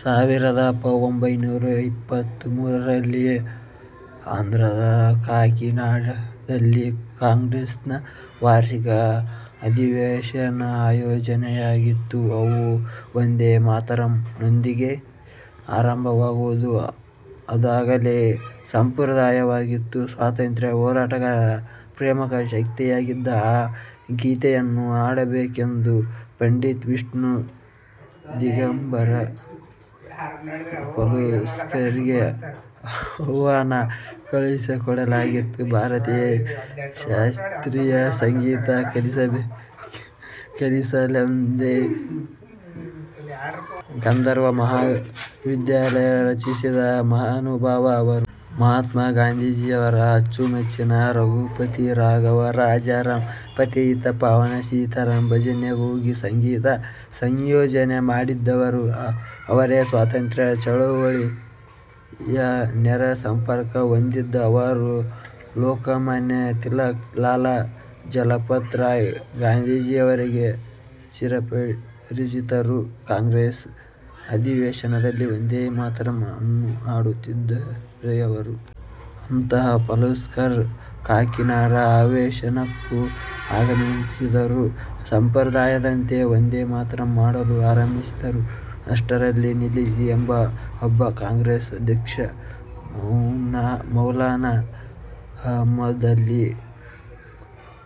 ಸಾವಿರದ ಪಒಂಭೈನೂರ ಇಪ್ಪತ್ತ ಮೂರರಲ್ಲಿ ಆಂಧ್ರದ ಕಾಕಿನಾಡದಲ್ಲಿ ಕಾಂಗ್ರೆಸ್ನ ವಾರ್ಷಿಕ ಅಧಿವೇಶನಆಯೋಜನೆಯಾಗಿತ್ತು. ಅವು 'ವಂದೇ ಮಾತರಂ'ನೊಂದಿಗೆ ಆರಂಭವಾಗುವುದು ಅದಾಗಲೇ ಸಂಪ್ರದಾಯವಾಗಿತ್ತು. ಸ್ವಾತಂತ್ರ್ಯ ಹೋರಾಟಗಾರರ ಪ್ರೇರಕ ಶಕ್ತಿಯಾಗಿದ್ದ ಆ ಗೀತೆಯನ್ನು ಹಾಡಬೇಕೆಂದು ಪಂಡಿತ್ ವಿಷ್ಣು ದಿಗಂಬರ ಪಲುಸ್ಕರ್ಗೆ ಆಹ್ವಾನ ಕಳುಹಿಸಿಕೊಡಲಾಗಿತ್ತು. ಭಾರತೀಯ ಶಾಸ್ತ್ರೀಯ ಸಂಗೀತ ಕಲಿಸಲೆಂದೇ ಗಂಧರ್ವ ಮಹಾವಿದ್ಯಾಲಯ ರಚಿಸಿದ ಮಹಾನುಭಾವ ಅವರು. ಮಹಾತ್ಮ ಗಾಂಧೀಜಿಯವರ ಅಚ್ಚುಮೆಚ್ಚಿನ 'ರಘುಪತಿ ರಾಘವ ರಾಜಾರಾಂ, ಪತೀತ ಪಾವನ ಸೀತಾರಾಂ' ಭಜನೆಗೂ ಸಂಗೀತ ಸಂಯೋಜನೆ ಮಾಡಿದ್ದವರು ಅವರೇ. ಸ್ವಾತಂತ್ರ್ಯ ಚಳವಳಿಯ ನೇರ ಸಂಪರ್ಕ ಹೊಂದಿದ್ದ ಅವರು ಲೋಕಮಾನ್ಯ ತಿಲಕ್, ಲಾಲಾ ಲಜಪತ್ ರಾಯ್, ಗಾಂಧೀಜಿಯವರಿಗೆ ಚಿರಪರಿಚಿತರು. ಕಾಂಗ್ರೆಸ್ ಅಧಿವೇಶನಗಳಲ್ಲಿ ವಂದೇ ಮಾತರಂ ಅನ್ನು ಹಾಡುತ್ತಿದ್ದವರೇ ಅವರು. ಅಂತಹ ಪಲುಸ್ಕರ್ ಕಾಕಿನಾಡ ಅಧಿವೇಶನಕ್ಕೂ ಆಗಮಿಸಿದರು. ಸಂಪ್ರದಾಯದಂತೆ ವಂದೇ ಮಾತರಂ ಹಾಡಲು ಆರಂಭಿಸಿದರು. ಅಷ್ಟರಲ್ಲಿ, ನಿಲ್ಲಿಸಿ ಎಂಬ ಅಬ್ಬ ಕಾಂಗ್ರೆಸ್ ಅಧ್ಯಕ್ಷ ಮೌಲಾನ ಅಹಮದ್ ಅಲಿ,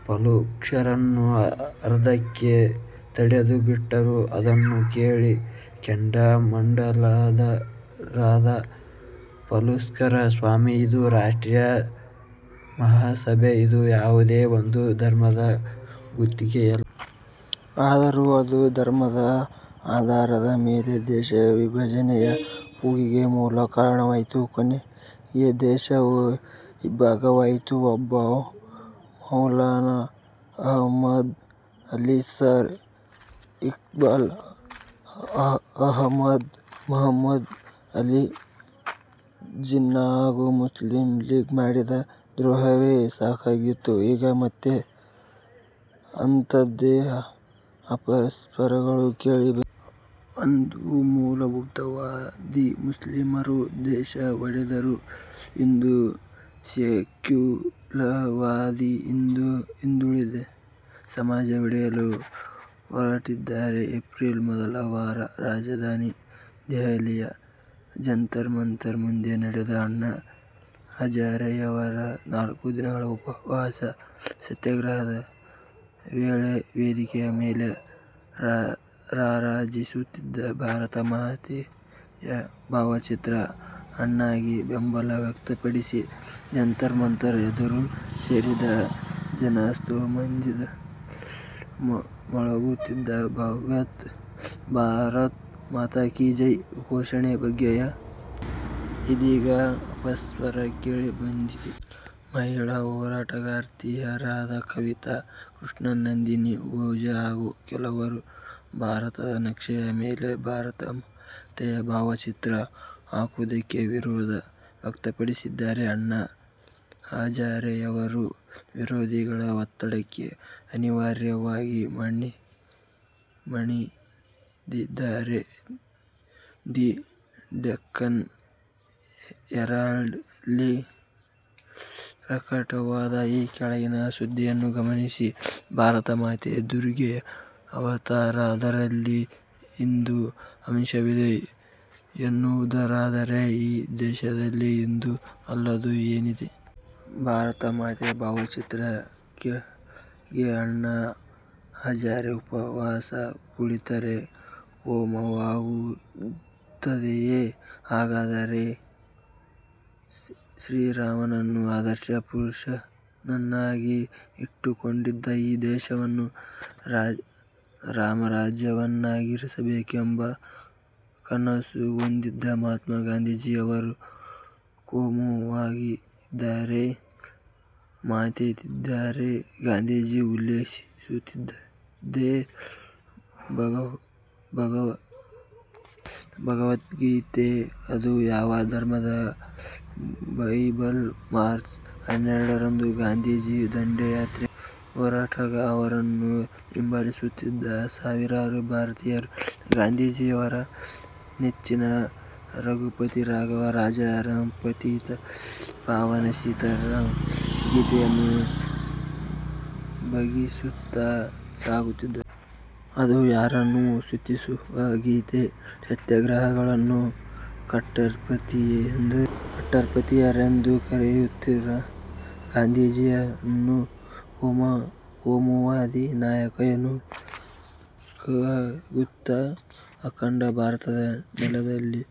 ಪಲುಸ್ಕರನ್ನು ಅರ್ಧಕ್ಕೇ ತಡೆದು ಬಿಟ್ಟರು. ಅದನ್ನು ಕೇಳಿ ಕೆಂಡಾಮಂಡಲರಾದ ಪಲುಸ್ಕರ್, 'ಸ್ವಾಮಿ, ಇದು ರಾಷ್ಟ್ರೀಯ ಮಹಾಸಭೆ. ಇದು ಯಾವುದೇ ಒಂದು ಧರ್ಮದ ಗುತ್ತಿಗೆಯಲ್ಲ. ಆದರೂ ಅದು ಧರ್ಮದ ಆಧಾರದ ಮೇಲೆ ದೇಶ ವಿಭಜನೆಯ ಕೂಗಿಗೆ ಮೂಲ ಕಾರಣವಾಯಿತು, ಕೊನೆಗೆ ದೇಶವೂ ಇಬ್ಭಾಗವಾಯಿತು. ಒಬ್ಬ ಮೌಲಾನ ಅಹಮದ್ ಅಲಿ, ಸರ್ ಇಕ್ಬಾಲ್ ಅಹಮದ್, ಮಹಮದ್ ಅಲಿ ಜಿನ್ನಾ ಹಾಗೂ ಮುಸ್ಲಿಂ ಲೀಗ್ ಮಾಡಿದ ದ್ರೋಹವೇ ಸಾಕಾಗಿತ್ತು. ಈಗ ಮತ್ತೆ ಅಂಥದ್ದೇ ಅಪಸ್ವರಗಳು ಕೇಳಿ ಬಂದಿವೆ. ಅಂದು ಮೂಲಭೂತವಾದಿ ಮುಸ್ಲಿಮರು ದೇಶ ಒಡೆದರು, ಇಂದು ಸೆಕ್ಯುಲರ್ವಾದಿ ಹಿಂದುಗಳೇ ಸಮಾಜ ಒಡೆಯಲು ಹೊರಟಿದ್ದಾರೆ. ಏಪ್ರಿಲ್ ಮೊದಲ ವಾರ ರಾಜಧಾನಿ ದೆಹಲಿಯ ಜಂತರ್ಮಂತರ್ ಮುಂದೆ ನಡೆದ ಅಣ್ಣಾ ಹಜಾರೆಯವರ ನಾಲ್ಕು ದಿನಗಳ ಉಪವಾಸ ಸತ್ಯಾಗ್ರಹದ ವೇಳೆ ವೇದಿಕೆಯ ಮೇಲೆ ರಾರಾಜಿಸುತ್ತಿದ್ದ ಭಾರತ ಮಾತೆಯ ಭಾವಚಿತ್ರ, ಅಣ್ಣಾಗೆ ಬೆಂಬಲ ವ್ಯಕ್ತಪಡಿಸಿ ಜಂತರ್ ಮಂತರ್ ಎದುರು ಸೇರಿದ್ದ ಜನಸ್ತೋಮದಿಂದ ಮೊಳಗುತ್ತಿದ್ದ 'ಭಾರತ್ ಮಾತಾ ಕೀ ಜೈ' ಘೋಷಣೆಗಳ ಬಗ್ಗೆಯೂ ಇದೀಗ ಅಪಸ್ವರ ಕೇಳಿಬರುತ್ತಿದೆ. ಮಹಿಳಾ ಹೋರಾಟಗಾರ್ತಿಯರಾದ ಕವಿತಾ ಕೃಷ್ಣನ್, ನಂದಿನಿ ಓಜಾ ಹಾಗೂ ಕೆಲವರು ಭಾರತದ ನಕ್ಷೆಯ ಮೇಲೆ ಭಾರತ ಮಾತೆಯ ಭಾವಚಿತ್ರ ಹಾಕುವುದಕ್ಕೆ ವಿರೋಧ ವ್ಯಕ್ತಪಡಿಸಿದ್ದಾರೆ. ಅಣ್ಣಾ ಹಜಾರೆಯವರು ವಿರೋಧಿಗಳ ಒತ್ತಡಕ್ಕೆ ಅನಿವಾರ್ಯವಾಗಿ ಮಣಿದಿದ್ದಾರೆ. ದಿ ಡೆಕ್ಕನ್ ಹೆರಾಲ್ಡ್ನಲ್ಲಿ ಪ್ರಕಟವಾದ ಈ ಕೆಳಗಿನ ಸುದ್ದಿಯನ್ನು ಗಮನಿಸಿ. ಭಾರತ ಮಾತೆ ದುರ್ಗೆಯ ಅವತಾರ, ಅದರಲ್ಲಿ ಹಿಂದು ಅಂಶವಿದೆ ಎನ್ನುವುದಾದರೆ ಈ ದೇಶದಲ್ಲಿ ಹಿಂದು ಅಲ್ಲದ್ದು ಏನಿದೆ. ಭಾರತ ಮಾತೆಯ ಭಾವಚಿತ್ರದ ಕೆಳಗೆ ಅಣ್ಣಾ ಹಜಾರೆ ಉಪವಾಸ ಕುಳಿತರೆ ಕೋಮುವಾದವಾಗುತ್ತದೆಯೆ? ಹಾಗಾದರೆ ಶ್ರೀರಾಮನನ್ನು ಅದರ್ಶ ಪುರುಷನನ್ನಾಗಿ ಇಟ್ಟುಕೊಂಡಿದ್ದ, ಈ ದೇಶವನ್ನು ರಾಮರಾಜ್ಯವನ್ನಾಗಿಸಬೇಕೆಂಬ ಕನಸು ಹೊಂದಿದ್ದ ಮಹಾತ್ಮ ಗಾಂಧೀಜಿ ಅವರೂ ಕೋಮುವಾದಿಯಾಗಿದ್ದರೆ? ಮಾತೆತ್ತಿದರೆ ಗಾಂಧೀಜಿ ಉಲ್ಲೇಖಿಸುತ್ತಿದ್ದುದೇ ಭಗವದ್ಗೀತೆ. ಅದು ಯಾವ ಧರ್ಮದ ಬೈಬಲ್?, ಮಾರ್ಚ್ ಹನ್ನೆರಡರಂದು ಗಾಂಧೀಜಿ ದಂಡಿ ಯಾತ್ರೆಗೆ ಹೊರಟಾಗ ಅವರನ್ನು ಹಿಂಬಾಲಿಸುತ್ತಿದ್ದ ಸಾವಿರಾರು ಭಾರತೀಯರು ಗಾಂಧೀಜಿಯವರ ನೆಚ್ಚಿನ 'ರಘುಪತಿ ರಾಘವ ರಾಜಾರಾಂ, ಪತೀತ ಪಾವನ ಸೀತಾರಾಂ' ಗೀತೆಯನ್ನು ಭಜಿಸುತ್ತಾ ಸಾಗುತ್ತಿದ್ದರು. ಅದು ಯಾರನ್ನು ಸ್ತುತಿಸುವ ಗೀತೆ. ಸತ್ಯಾಗ್ರಹಿಗಳನ್ನೂ ಕಟ್ಟರ್ಪಂಥೀಯರೆಂದು ಕರೆಯುತ್ತೀರಾ ಗಾಂಧೀಜಿಯನ್ನು ಕೋಮುವಾದಿ ನಾಯಕ ಎನ್ನುವುದಕ್ಕಾಗುತ್ತಾ? ಅಖಂಡ ಭಾರತದ ನೆಲದಲ್ಲಿ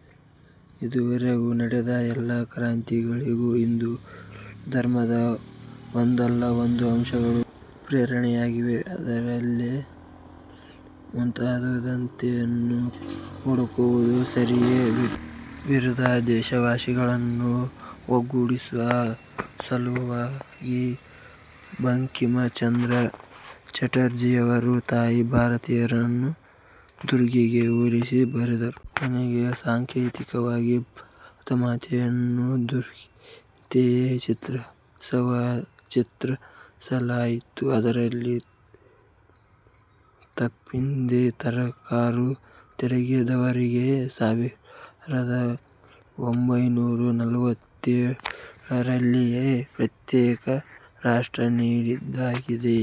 ಇದುವರೆಗೂ ನಡೆದ ಎಲ್ಲ ಕ್ರಾಂತಿಗಳಿಗೂ ಹಿಂದು ಧರ್ಮದ ಒಂದಲ್ಲ ಒಂದು ಅಂಶಗಳು ಪ್ರೇರಣೆಯಾಗಿವೆ. ಅದರಲ್ಲೆಲ್ಲ ಮತಾಂಧತೆಯನ್ನು ಹುಡುಕುವುದು ಸರಿಯೇ? ಬ್ರಿಟಿಷರ ವಿರುದ್ಧ ದೇಶವಾಸಿಗಳನ್ನು ಒಗ್ಗೂಡಿಸುವ ಸಲುವಾಗಿ ಬಂಕಿಮ ಚಂದ್ರ ಚಟರ್ಜಿಯವರು ತಾಯಿ ಭಾರತಿಯನ್ನು ದುರ್ಗೆಗೆ ಹೋಲಿಸಿ ಬರೆದರು. ಕೊನೆಗೆ ಸಾಂಕೇತಿಕವಾಗಿ ಭಾರತಮಾತೆಯನ್ನು ದುರ್ಗೆಯಂತೆಯೇ ಚಿತ್ರಿಸಲಾಯಿತು. ಅದರಲ್ಲಿ ತಪ್ಪೇನಿದೆ. ತಕರಾರು ತೆಗೆದವರಿಗೆ ಸಾವಿರದ ಒಂಭೈನೂರ ನಲವತ್ತೇಳ ರಲ್ಲಿಯೇ ಪ್ರತ್ಯೇಕ ರಾಷ್ಟ್ರ ನೀಡಿದ್ದಾಗಿದೆ.